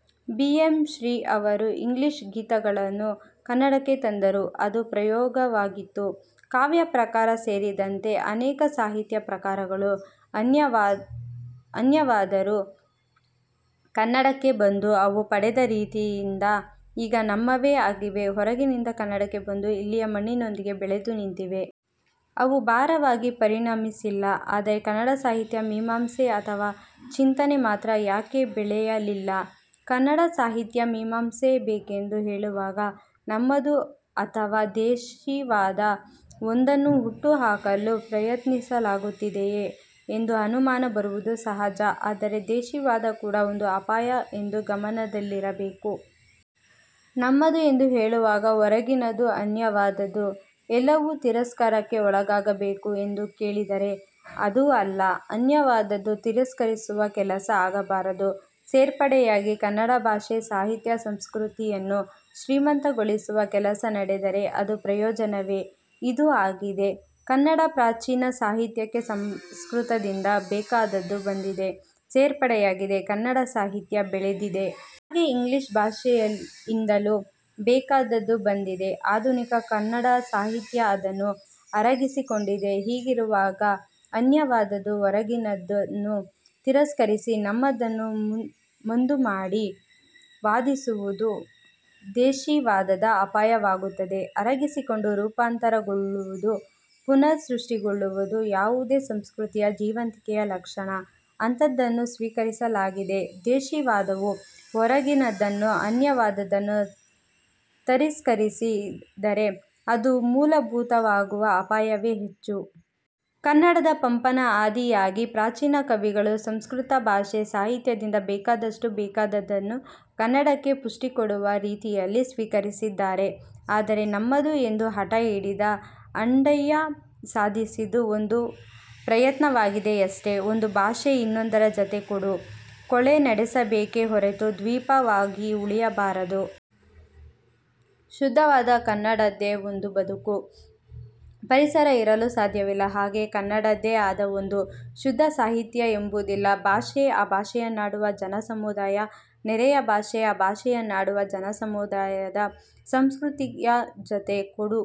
. B. M. Shri ಅವರು 'English ಗೀತ'ಗಳನ್ನು ಕನ್ನಡಕ್ಕೆ ತಂದರು. ಅದು ಪ್ರಯೋಗವಾಗಿತ್ತು. ಕಾವ್ಯ ಪ್ರಕಾರ ಸೇರಿದಂತೆ ಅನೇಕ ಸಾಹಿತ್ಯ ಪ್ರಕಾರಗಳು ಅನ್ಯವಾದರೂ ಕನ್ನಡಕ್ಕೆ ಬಂದು ಅವು ಪಡೆದ ರೀತಿಯಿಂದ ಈಗ ನಮ್ಮವೇ ಆಗಿವೆ. ಹೊರಗಿನಿಂದ ಕನ್ನಡಕ್ಕೆ ಬಂದು, ಇಲ್ಲಿಯ ಮಣ್ಣಿನೊಂದಿಗೆ ಬೆಳೆದು ನಿಂತಿವೆ. ಅವು ಭಾರವಾಗಿ ಪರಿಣಮಿಸಿಲ್ಲ. ಆದರೆ ಕನ್ನಡ ಸಾಹಿತ್ಯ ಮೀಮಾಂಸೆ ಅಥವಾ ಚಿಂತನೆ ಮಾತ್ರ ಯಾಕೆ ಬೆಳೆಯಲಿಲ್ಲ?. ಕನ್ನಡ ಸಾಹಿತ್ಯ ಮೀಮಾಂಸೆ ಬೇಕೆಂದು ಹೇಳುವಾಗ, ನಮ್ಮದು ಅಥವಾ ದೇಶಿವಾದ ಒಂದನ್ನು ಹುಟ್ಟುಹಾಕಲು ಪ್ರಯತ್ನಿಸಲಾಗುತ್ತಿದೆಯೇ? ಎಂದು ಅನುಮಾನ ಬರುವುದು ಸಹಜ. ಆದರೆ ದೇಶಿವಾದ ಕೂಡ ಒಂದು ಅಪಾಯ ಎಂದು ಗಮನದಲ್ಲಿರಬೇಕು. ನಮ್ಮದು ಎಂದು ಹೇಳುವಾಗ ಹೊರಗಿನದು ಅನ್ಯವಾದದ್ದು ಎಲ್ಲವೂ ತಿರಸ್ಕಾರಕ್ಕೆ ಒಳಗಾಗಬೇಕು ಎಂದು ಕೇಳಿದರೆ ಅದೂ ಅಲ್ಲ. ಅನ್ಯವಾದದ್ದು ತಿರಸ್ಕರಿಸುವ ಕೆಲಸ ಆಗಬಾರದು. ಸೇರ್ಪಡೆ ಯಾಗಿ ಕನ್ನಡ ಭಾಷೆ, ಸಾಹಿತ್ಯ, ಸಂಸ್ಕೃತಿಯನ್ನು ಶ್ರೀಮಂತ ಗೊಳಿಸುವ ಕೆಲಸ ನಡೆದರೆ ಅದು ಪ್ರಯೋಜನವೇ. ಇದು ಆಗಿದೆ. ಕನ್ನಡ ಪ್ರಾಚೀನ ಸಾಹಿತ್ಯಕ್ಕೆ ಸಂಸ್ಕೃತದಿಂದ ಬೇಕಾದದ್ದು ಬಂದಿದೆ; ಸೇರ್ಪಡೆಯಾಗಿದೆ; ಕನ್ನಡ ಸಾಹಿತ್ಯ ಬೆಳೆದಿದೆ. ಹಾಗೆ ಇಂಗ್ಲಿಶ್ ಭಾಷೆಯಿಂದಲೂ ಬೇಕಾದ್ದು ಬಂದಿದೆ. ಆಧುನಿಕ ಕನ್ನಡ ಸಾಹಿತ್ಯ ಅದನ್ನು ಅರಗಿಸಿಕೊಂಡಿದೆ. ಹೀಗಿರುವಾಗ ಅನ್ಯವಾದದ್ದು ಹೊರಗಿನದನ್ನು ತಿರಸ್ಕರಿಸಿ ನಮ್ಮದನ್ನು ಮುಂದುಮಾಡಿ ವಾದಿಸುವುದು ದೇಶಿವಾದದ ಅಪಾಯವಾಗುತ್ತದೆ. ಅರಗಿಸಿಕೊಂಡು ರೂಪಾಂತರಗೊಳ್ಳು ವುದು, ಪುನರ್ ಸೃಷ್ಟಿಗೊಳ್ಳುವುದು ಯಾವುದೇ ಸಂಸ್ಕೃತಿಯ ಜೀವಂತಿಕೆಯ ಲಕ್ಷಣ. ಅಂಥದ್ದನ್ನು ಸ್ವೀಕರಿಸಲಾಗಿದೆ. ದೇಶಿವಾದವು ಹೊರಗಿನದನ್ನು, ಅನ್ಯವಾದದನ್ನು ತರಿಸ್ಕರಿಸಿ ದರೆ ಅದು ಮೂಲಭೂತವಾದವಾಗುವ ಅಪಾಯವೇ ಹೆಚ್ಚು. ಕನ್ನಡದ ಪಂಪನ ಆದಿಯಾಗಿ ಪ್ರಾಚೀನ ಕವಿಗಳು ಸಂಸ್ಕೃತ ಭಾಷೆ – ಸಾಹಿತ್ಯದಿಂದ ಬೇಕಾದಷ್ಟು, ಬೇಕಾದದ್ದನ್ನು ಕನ್ನಡಕ್ಕೆ ಪುಷ್ಠಿಕೊಡುವ ರೀತಿಯಲ್ಲಿ ಸ್ವೀಕರಿಸಿದ್ದಾರೆ. ಆದರೆ 'ನಮ್ಮದು' ಎಂದು ಹಠ ಹಿಡಿದ ಅಂಡಯ್ಯ ಸಾಧಿಸಿದ್ದು ಒಂದು ಪ್ರಯತ್ನವಾಗಿದೆಯಷ್ಟೆ. ಒಂದು ಭಾಷೆ ಇನ್ನೊಂದರ ಜತೆ ಕೊಡು – ಕೊಳೆ ನಡೆಸಬೇಕೇ ಹೊರತು ದ್ವೀಪವಾಗಿ ಉಳಿಯಬಾರದು. ಶುದ್ಧವಾದ ಕನ್ನಡದ್ದೇ ಒಂದು ಬದುಕು, ಪರಿಸರ ಇರಲು ಸಾಧ್ಯವಿಲ್ಲ. ಹಾಗೆಯೇ ಕನ್ನಡದ್ದೇ ಆದ ಒಂದು ಶುದ್ಧ ಸಾಹಿತ್ಯ ಎಂಬುದಿಲ್ಲ. ಭಾಷೆ, ಆ ಭಾಷೆಯನ್ನಾಡುವ ಜನಸಮುದಾಯ ನೆರೆಯ ಭಾಷೆ, ಆ ಭಾಷೆಯನ್ನಾಡುವ ಜನಸಮುದಾಯದ ಸಂಸ್ಕೃತಿಯ ಜತೆ ಕೊಡು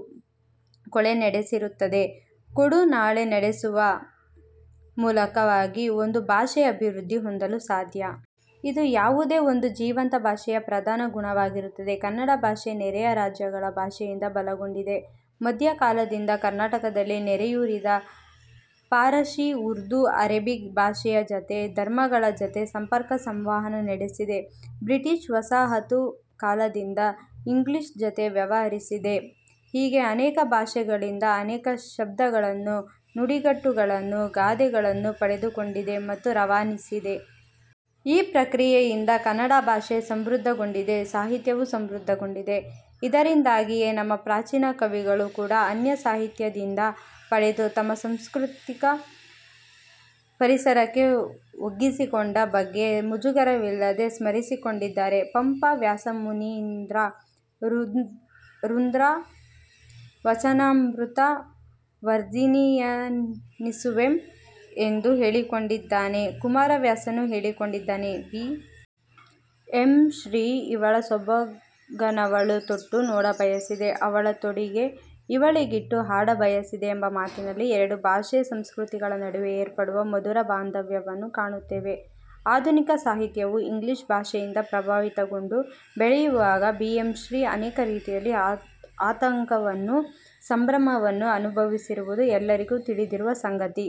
ಕೊಳೆ ನಡೆಸಿರುತ್ತದೆ. ಕೊಡು ಕೊಳೆ ನಡೆಸುವ ಮೂಲಕವಾಗಿ ಒಂದು ಭಾಷೆ ಅಭಿವೃದ್ದಿ ಹೊಂದಲು ಸಾಧ್ಯ. ಇದು ಯಾವುದೇ ಒಂದು ಜೀವಂತ ಭಾಷೆಯ ಪ್ರಧಾನ ಗುಣವಾಗಿರುತ್ತದೆ. ಕನ್ನಡ ಭಾಷೆ ನೆರೆಯ ರಾಜ್ಯಗಳ ಭಾಷೆಯಿಂದ ಬಲಗೊಂಡಿದೆ. ಮಧ್ಯಕಾಲದಿಂದ ಕರ್ನಾಟಕದಲ್ಲಿ ನೆಲೆಯೂರಿದ ಫಾರಶಿ, ಉರ್ದು, ಅರೇಬಿಕ್ ಭಾಷೆಯ ಜತೆ, ಧರ್ಮಗಳ ಜತೆ ಸಂಪರ್ಕ ಸಂವಹನ ನಡೆಸಿದೆ. ಬ್ರಿಟಿಶ್ ವಸಾಹತು ಕಾಲದಿಂದ ಇಂಗ್ಲಿಶ್ ಜತೆ ವ್ಯವಹರಿಸಿದೆ. ಹೀಗೆ ಅನೇಕ ಭಾಷೆಗಳಿಂದ ಅನೇಕ ಶಬ್ದಗಳನ್ನು, ನುಡಿಗಟ್ಟು ಗಳನ್ನು, ಗಾದೆಗಳನ್ನು ಪಡೆದುಕೊಂಡಿದೆ ಮತ್ತು ರವಾನಿಸಿದೆ. ಈ ಪ್ರಕ್ರಿಯೆಯಿಂದ ಕನ್ನಡ ಭಾಷೆ ಸಮೃದ್ಧಗೊಂಡಿದೆ. ಸಾಹಿತ್ಯವೂ ಸಮೃದ್ಧಗೊಂಡಿದೆ. ಇದರಿಂದಾಗಿಯೇ ನಮ್ಮ ಪ್ರಾಚೀನ ಕವಿಗಳು ಕೂಡ ಅನ್ಯ ಸಾಹಿತ್ಯದಿಂದ ಪಡೆದು ತಮ್ಮ ಸಾಂಸ್ಕೃತಿಕ ಪರಿಸರಕ್ಕೆ ಒಗ್ಗಿಸಿಕೊಂಡ ಬಗ್ಗೆ ಮುಜುಗರವಿಲ್ಲದೆ ಸ್ಮರಿಸಿಕೊಂಡಿದ್ದಾರೆ. ಪಂಪ 'ವ್ಯಾಸಮುನೀಂದ್ರ ರುಂದ್ರ ವಚನಾಮೃತ ವಾರ್ಧಿಯನೀಸುವೆಂ' ಎಂದು ಹೇಳಿಕೊಂಡಿ ದ್ದಾನೆ. ಕುಮಾರವ್ಯಾಸನೂ ಹೇಳಿಕೊಂಡಿದ್ದಾನೆ. ಬಿ. ಎಂ. ಶ್ರೀ 'ಇವಳ ಸೊಬಗನವಳು ತೊಟ್ಟು ನೋಡಬಯಸಿದೆ. ಅವಳ ತೊಡಿಗೆ ಇವಳಿಗಿಟ್ಟು ಹಾಡ ಬಯಸಿದೆ' ಎಂಬ ಮಾತಿನಲ್ಲಿ ಎರಡು ಭಾಷೆ ಸಂಸ್ಕೃತಿಗಳ ನಡುವೆ ಏರ್ಪಡುವ ಮಧುರ ಬಾಂಧವ್ಯವನ್ನು ಕಾಣುತ್ತೇವೆ. ಆಧುನಿಕ ಸಾಹಿತ್ಯವು ಇಂಗ್ಲಿಶ್ ಭಾಷೆಯಿಂದ ಪ್ರಭಾವಿತಗೊಂಡು ಬೆಳೆಯುವಾಗ ಬಿ. ಎಂ. ಶ್ರೀ. ಅನೇಕ ರೀತಿಯಲ್ಲಿ ಆತಂಕವನ್ನೂ ಸಂಭ್ರಮವನ್ನು ಅನುಭವಿಸಿರುವುದು ಎಲ್ಲರಿಗೂ ತಿಳಿದಿರುವ ಸಂಗತಿ.